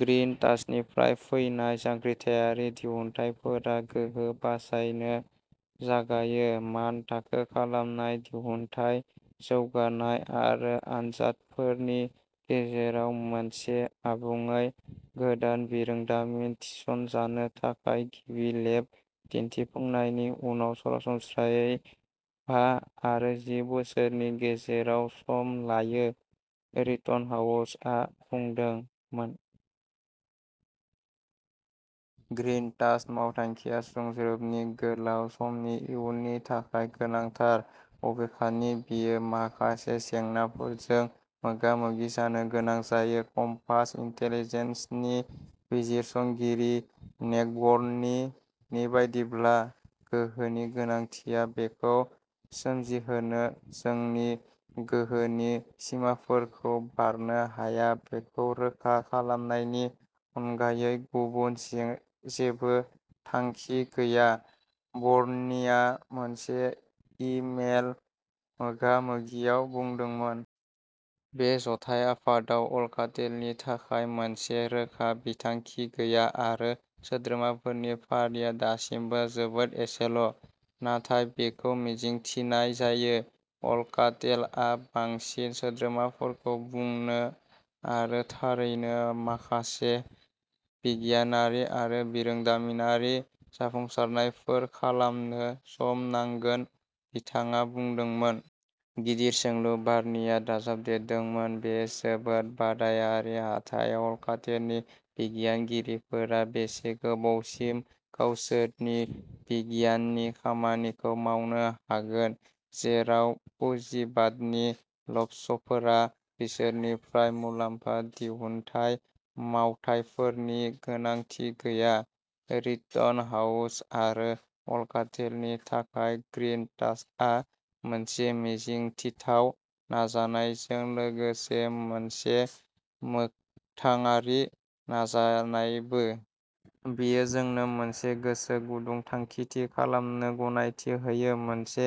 Green टाचनिफ्राय फैनाय जांख्रिथायारि दिहुनथायफोरा गोहो बासायनो जागायो। मान थाखो खालामनाय दिहुनथाय जौगानाय आरो आनजादफोरनि गेजेराव, मोनसे आबुङै गोदान बिरोंदामिन थिसनजानो थाखाय गिबि लेब दिनथिफुंनायनि उनाव सरासनस्रायै बा आरो जि बोसोरनि गेजेराव सम लायो रिटनहाउसा बुंदोंमोन। ग्रिन टाच मावथांखिआ सुंज्रोबनि गोलाव समनि इयुननि थाखाय गोनांथार बबेखानि बेयो माखासे जेंनाफोरजों मोगा-मोगि जानो गोनां जायो, कम्पास इनटेलिजेन्सनि बिजिरसंगिरि नेक'बर्नि नि बायदिब्ला। गोहोनि गोनांथिया बेखौ सोमजिहोनो जोंनि गोहोनि सिमाफोरखौ बारनो हाया बेखौ रोखा खालामनायनि अनगायै गुबुन जेबो थांखि गैया बर्निआ मोनसे इ-मेल मोगा-मोगियाव बुंदोंमोन। बे जथाय आफादाव अल्काटेलनि थाखाय मोनसे रोखा बिथांखि गैया आरो सोद्रोमाफोरनि फारिया दासिमबो जोबोद एसेल'। नाथाय बेखौ मिजिंथिनाय जायो। अल्काटेलआ बांसिन सोद्रोमाफोरखौ बुंनो आरो थारैनो माखासे बिगियानारि आरो बिरोंदामिनारि जाफुंसारनायफोर खालामनो सम नांगोन, बिथाङा बुंदोंमोन। गिदिर सोंलु। बार्निआ दाजाबदेरदोंमोन बे जोबोद बादायारि हाथाइयाव अल्काटेलनि बिगियानगिरिफोरा बेसे गोबावसिम गावसोरनि बिगियाननि खामानिखौ मावनो हागोन जेराव पुजिबादनि ल'भ्सफोरा बिसोरनिफ्राय मुलाम्फा दिहुनथाइ मावथायफोरनि गोनांथि गैया। रिटनहाउस आरो अल्काटेलनि थाखाय ग्रिन टाचआ मोनसे मिजिंथिथाव नाजानायजों लोगोसे मोनसे मोखथांआरि नाजानायबो। बेयो जोंनो मोनसे गोसो गुदुं थांखि थि खालामनो गनायथि होयो, मोनसे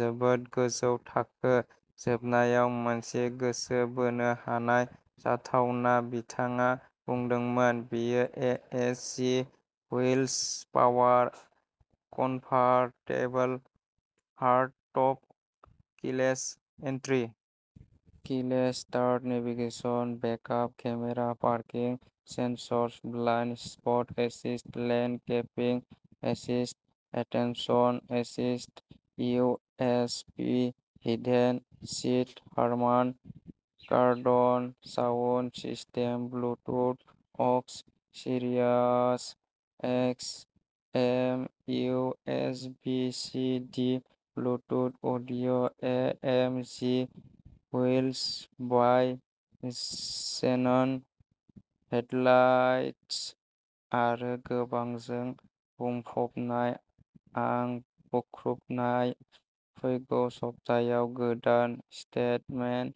जोबोद गोजौ थाखो, जोबनायाव मोनसे गोसो बोनो हानाय जाथावना, बिथाङा बुंदोंमोन। बेयो A M G wheels power convertible hard top, keyless entry, keyless start, navigation, backup camera, parking sensors, blind spot assist, lane keeping assist, attention assist, E S P, heated seat, Harman, Kardon sound system, Bluetooth, aux, Sirius X M, U S B, C D, Bluetooth audio', A M G wheels, bi xenon headlights आरो गोबांजों बुंफबनाय आं बुख्रुबबाय फैगौ सप्तायाव गोदान postmen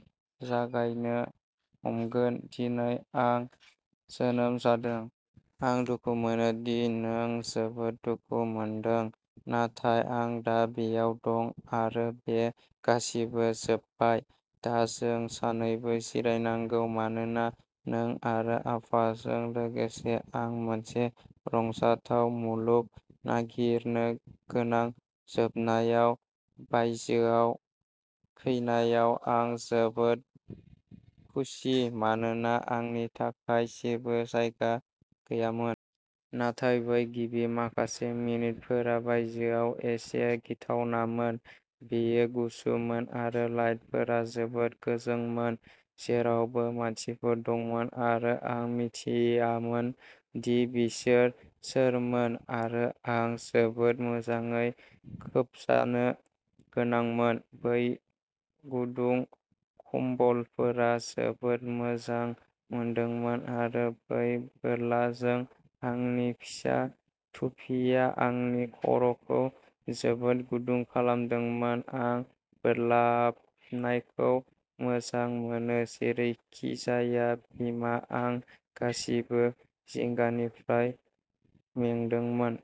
जागायनो हमगोन दिनै आं जोनोम जादों। आं दुखु मोनो दि नों जोबोद दुखु मोनदों, नाथाय आं दा बेयाव दं आरो बे गासिबो जोबबाय। दा जों सानैबो जिरायनांगौ। मानोना नों आरो आफाजों लोगोसे आं मोनसे रंजाथाव मुलुग नागिरनो गोनां जोबनायाव बायजोआव फैनायाव आं जोबोद खुसि, मानोना आंनि थाखाय जेबो जायगा गैयामोन। नाथाय बै गिबि माखासे मिनिटफोरा बायजोआव एसे गिथावमोन। बेयो गुसुमोन आरो लाइटफोरा जोबोद गोजोंमोन जेरावबो मानसिफोर दंमोन आरो आं मिथियामोन दि बिसोर सोरमोन। आरो आं जोबोद मोजाङै खोबजानो गोनांमोन। बै गुदुं खमबलफोरा जोबोद मोजां मोनदोंमोन, आरो बै बोरलाजों आंनि फिसा थुफिआ आंनि खर'खौ जोबोद गुदुं खालामदोंमोन आं बोरलाबनायखौ मोजां मोनो जेरैखिजाया बिमा आं गासिबो जिंगानिफ्राय मेंदोंमोन।